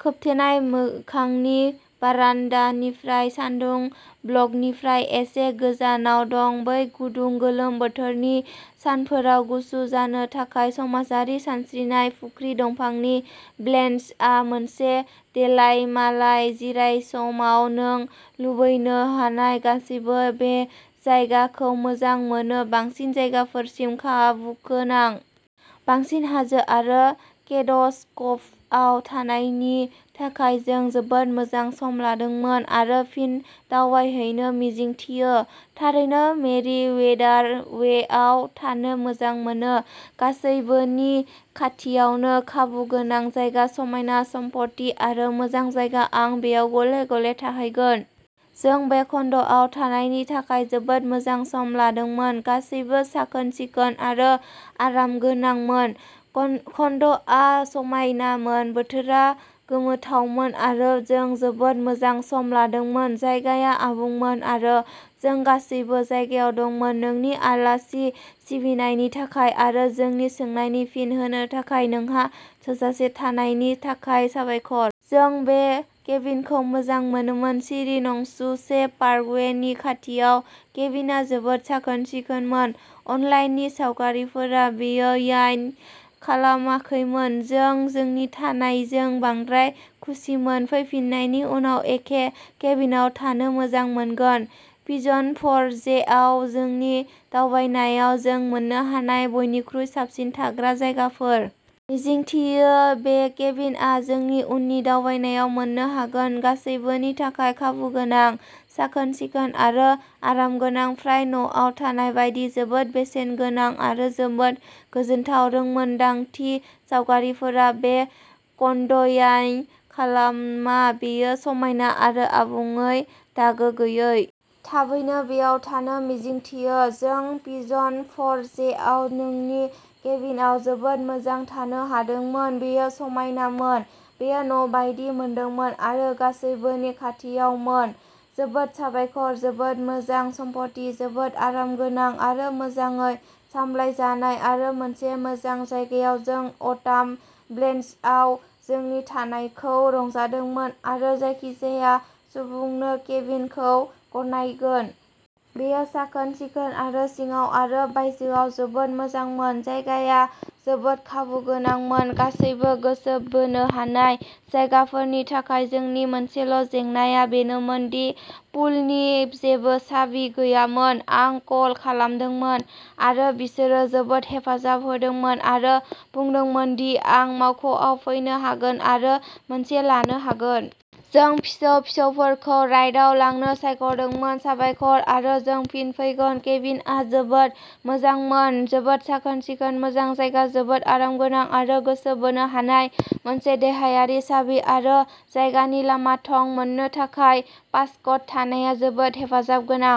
खोबथेनाय मोखांनि बारान्दानिफ्राय सानदुं ब्लकनिफ्राय एसे गोजानाव दं बै गुदुं गोलोम बोथोरनि सानफोराव गुसु जानो थाखाय समाजारि सानस्रिनाय फुख्रि दफांनि ब्लेनजआ मोनसे देलायमालाय जिरायसमाव नों लुबैनो हानाय गासैबो बे जायगाखौ मोजां मोनो। बांसिन जायगाफोरसिम खाबुगोनां। बांसिन हाजो आरो केद'स कभआव थानायनि थाखाय जों जोबोद मोजां सम लादोंमोन आरो फिन दावबायहैनो मिजिंथियो। थारैनो मेरि वेदार वेआव थानो मोजां मोनो। गासैबोनि खाथियावनो खाबुगोनां जायगा। समायना सम्पथि आरो मोजां जायगा। आं बेयाव गले-गले थाहैगोन। जों बे कन्ड'आव थानायनि थाखाय जोबोद मोजां सम लादोंमोन। गासैबो साखोन-सिखोन आरो आरामगोनांमोन। कन्ड'आ समायनामोन। बोथोरा गोमोथावमोन आरो जों जोबोद मोजां सम लादोंमोन। जायगाया आबुंमोन आरो जों गासैबो जायगायाव दंमोन। नोंनि आलासि सिबिनायनि थाखाय आरो जोंनि सोंनायनि फिन होनो थाखाय नोंहा थोजासे थानायनि थाखाय साबायखर। जों बे केबिनखौ मोजां मोनोमोन सिरि नसुंसे पार्कवेनि खाथियाव। केबिनआ जोबोद साखोन-सिखोनमोन। अनलाइननि सावगारिफोरा बेखौ याइन खालामाखैमोन। जों जोंनि थानायजों बांद्राय खुसिमोन। फैफिन्नायनि उनाव एखे केबिनआव थानो मोजां मोनगोन। पिजन फ'रजेआव जोंनि दावबायनायाव जों मोननो हानाय बयनिख्रुइ साबसिन थाग्रा जायगाफोर। मिजिंथियो बे केबिनआ जोंनि उननि दावबायनायाव मोननो हागोन। गासैबोनि थाखाय खाबुगोनां। साखोन-सिखोन आरो आरामगोनां फ्राय न'आव थानाय बायदि। जोबोद बेसेनगोनां आरो जोबोद गोजोनथाव रोंमोनदांथि। सावगारिफोरा बे कन्ड'याइन खालामा बेयो समायना आरो आबुङै दागो गैयै। थाबैनो बेयाव थानो मिजिंथियो। जों पिजन फ'रजेआव नोंनि केबिनआव जोबोद मोजां थानो हादोंमोन। बेयो समायनामोन। बेयो न' बायदि मोनदोंमोन आरो गासैबोनि खाथियावमोन। जोबोद साबायखर। जोबोद मोजां सम्पथि जोबोद आरामगोनां आरो मोजाङै सामलायजानाय आरो मोनसे मोजां जायगायाव जों अटाम ब्लेनजआव जोंनि थानायखौ रंजादोंमोन आरो जायखिजाया सुबुंनो केबिनखौ गनायगोन। बेयो साखोन-सिखोन आरो सिङाव आरो बायजोआव जोबोद मोजांमोन। जायगाया जोबोद खाबुगोनांमोन। गासैबो गोसो बोनो हानाय जायगाफोरनि थाखाय। जोंनि मोनसेल' जेंनाया बेनोमोन दि पुलनि जेबो साबि गैयामोन। आं कल खालामदोंमोन आरो बिसोरो जोबोद हेफाजाब होदोंमोन आरो बुंदोंमोन दि आं मावख'आव फैनो हागोन आरो मोनसे लानो हागोन। जों फिसौ-फिसौफोरखौ राइडआव लांनो सायख'दोंमोन। साबायखर आरो जों फिन फैगोन। केबिनआ जोबोद मोजांमोन। जोबोद साखोन-सिखोन मोजां जायगा जोबोद आरामगोनां आरो गोसो बोनो हानाय। मोनसे देहायारि साबि आरो जायगानि लामा थं मोननो थाखाय पासक'ड थानाया जोबोद हेफाजाब गोनां।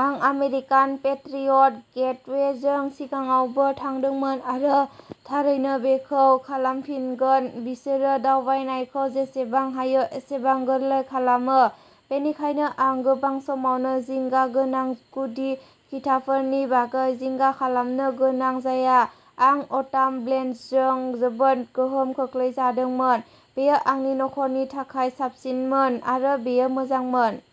आं आमेरिकान पेट्रियट गेटवेजों सिगाङावबो थादोंमोन आरो थारैनो बेखौ खालामफिनगोन। बिसोरो दावबायनायखौ जेसेबां हायो एसेबां गोरलै खालामो। बेनिखायनो आं गोबां समावनो जिंगा गोनां गुदि खिथाफोरनि बागै जिंगा खालामनो गोनां जाया। आं अटाम ब्लेनजजों जोबोद गोहोम खोख्लैजादोंमोन। बेयो आंनि नखरनि थाखाय साबसिनमोन आरो बेयो मोजांमोन।